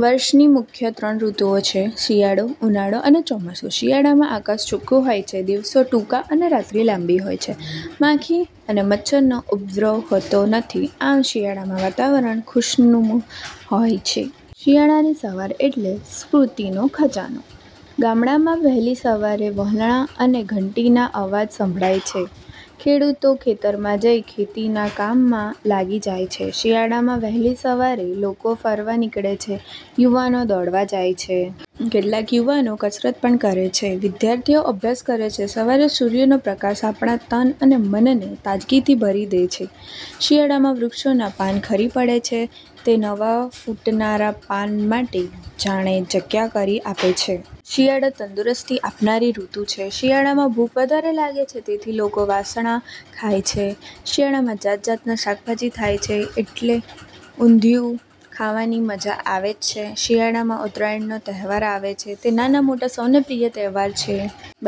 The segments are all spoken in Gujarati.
વર્ષની મુખ્ય ત્રણ ઋતુઓ છે શિયાળો ઉનાળો અને ચોમાસુ. શિયાળામાં આકાશ ચોખ્ખું હોય છે. દિવસો ટૂંકા અને રાત્રિ લાંબી હોય છે, માખી અને મચ્છરનો ઉપદ્રવ હોતો નથી. આમ, શિયાળામાં વાતાવરણ ખુશનુમા હોય છે. શિયાળાની સવાર એટલે સ્ફુર્તિનો ખજાનો. ગામડામાં વહેલી સવારે વલોણા અને ઘંટીઓના અવાજ સંભળાય છે. ખેડૂતો ખેતરમાં જઈ ખેતીના કામમાં લાગી જાય છે. શિયાળામાં વહેલી સવારે લોકો ફરવા નીકળે છે. યુવાનો દોડવા જાય છે. કેટલાક યુવાનો કસરત પણ કરે છે. વિદ્યાર્થીઓ અભ્યાસ કરે છે. સવારે સૂર્યનો પ્રકાશ આપણા તન અને મનને તાજગીથી ભરી દે છે. શિયાળામાં વૃક્ષોનાં પાન ખરી પડે છે. તે નવા ફુટનારા પાન માટે જાણે જગ્યા કરી આપે છે. શિયાળો તંદુરસ્તી આપનારી ઋતુ છે. શિયાળામાં ભૂખ વધારે લાગે છે. તેથી લોકો વસાણાં ખાય છે. શિયાળામાં જાતજાતના શાકભાજી થાય છે. એટલે ઊંધિયુ ખાવાની મજા આવે છે. શિયાળામાં ઉત્તરાયણનો તહેવાર આવે છે. તે નાના-મોટા સૌને પ્રિય તહેવાર છે.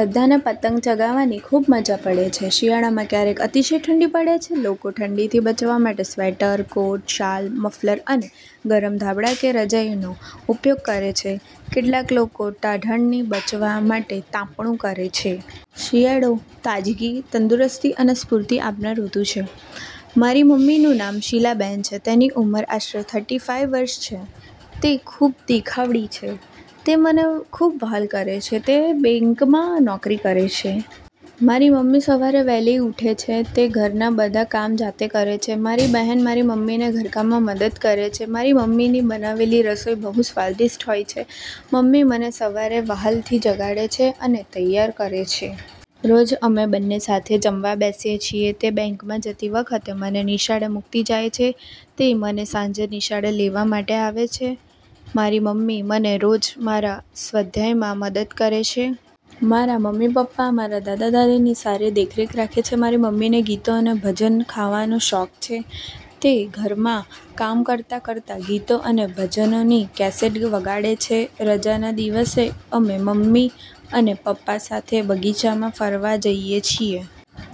બધાને પતંગ ચગાવવાની ખૂબ મજા પડે છે. શાળામાં ક્યારેક અતિશય ઠંડી પડે છે. લોકો ઠંડીથી બચવા માટે સ્વેટર, કોટ, શાલ, મફલર અને ગરમ ધાબડા કે રજાઇનો ઉપયોગ કરે છ,. કેટલાક લોકો ટાઢથી બચવા માટે તાપણું કરે છે. શિયાળો તાજગી, તંદુરસ્તી અને સ્ફૂર્તિ આપનાર ઋતુ છે. મારી મમ્મીનું નામ શીલાબેન છે. તેની ઉંમર આશરે થર્ટી ફાઈવ વર્ષની છે. તે ખૂબ દેખાવડી છે. તે મને ખૂબ વ્હાલ કરે છે. તે બેંકમાં નોકરી કરે છે. મારી મમ્મી સવારે વહેલી ઉઠે છે. તે ઘરના બધા કામ જાતે કરે છે. મારી બહેન મારી મમ્મીને ઘરકામમાં મદદ કરે છે. મારી મમ્મી ની બનાવેલી રસોઈ બહુ સ્વાદિષ્ટ હોય છે. મમ્મી મને સવારે વહાલથી જગાડે છે અને તૈયાર કરે છે. રોજ અમે બંને સાથે જમવા બેસીએ છીએ. તે બેંકમાં જતી વખતે મને નિશાળે મૂકતી જાય છે. તે મને સાંજે નિશાળે લેવા માટે આવે છે. મારી મમ્મી મને રોજ મારા સ્વાધ્યાયમાં મદદ કરે છે. મારા મમ્મી પપ્પા, મારા દાદા-દાદી ની સારી દેખરેખ રાખે છે. મારી મમ્મીને ગીતો અને ભજનો ખાવાનો શોખ છે. તે ઘરમા કામ કરતા કરતા ગીતો અને ભજનો ની કેસેટ વગાડે છે. રજાના દિવસે અમે મમ્મી અને પપ્પા સાથે બગીચામાં ફરવા જઈએ છીએ.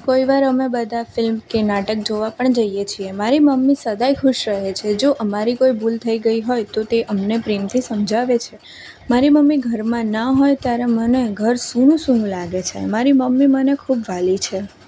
કોઈ વાર અમે બધા ફિલ્મ કે નાટક જોવા પણ જઈએ છીએ. મારી મમ્મી સદાય ખુશ રહે છે. જો અમારી કોઈ ભૂલ થઈ ગઈ હોય તો તે અમને પ્રેમથી સમજાવે છે. મારી મમ્મી ઘરમાં ન હોય ત્યારે મને ઘર સૂનું સૂનું લાગે છે. મારી મમ્મી મને ખૂબ વહાલી છે.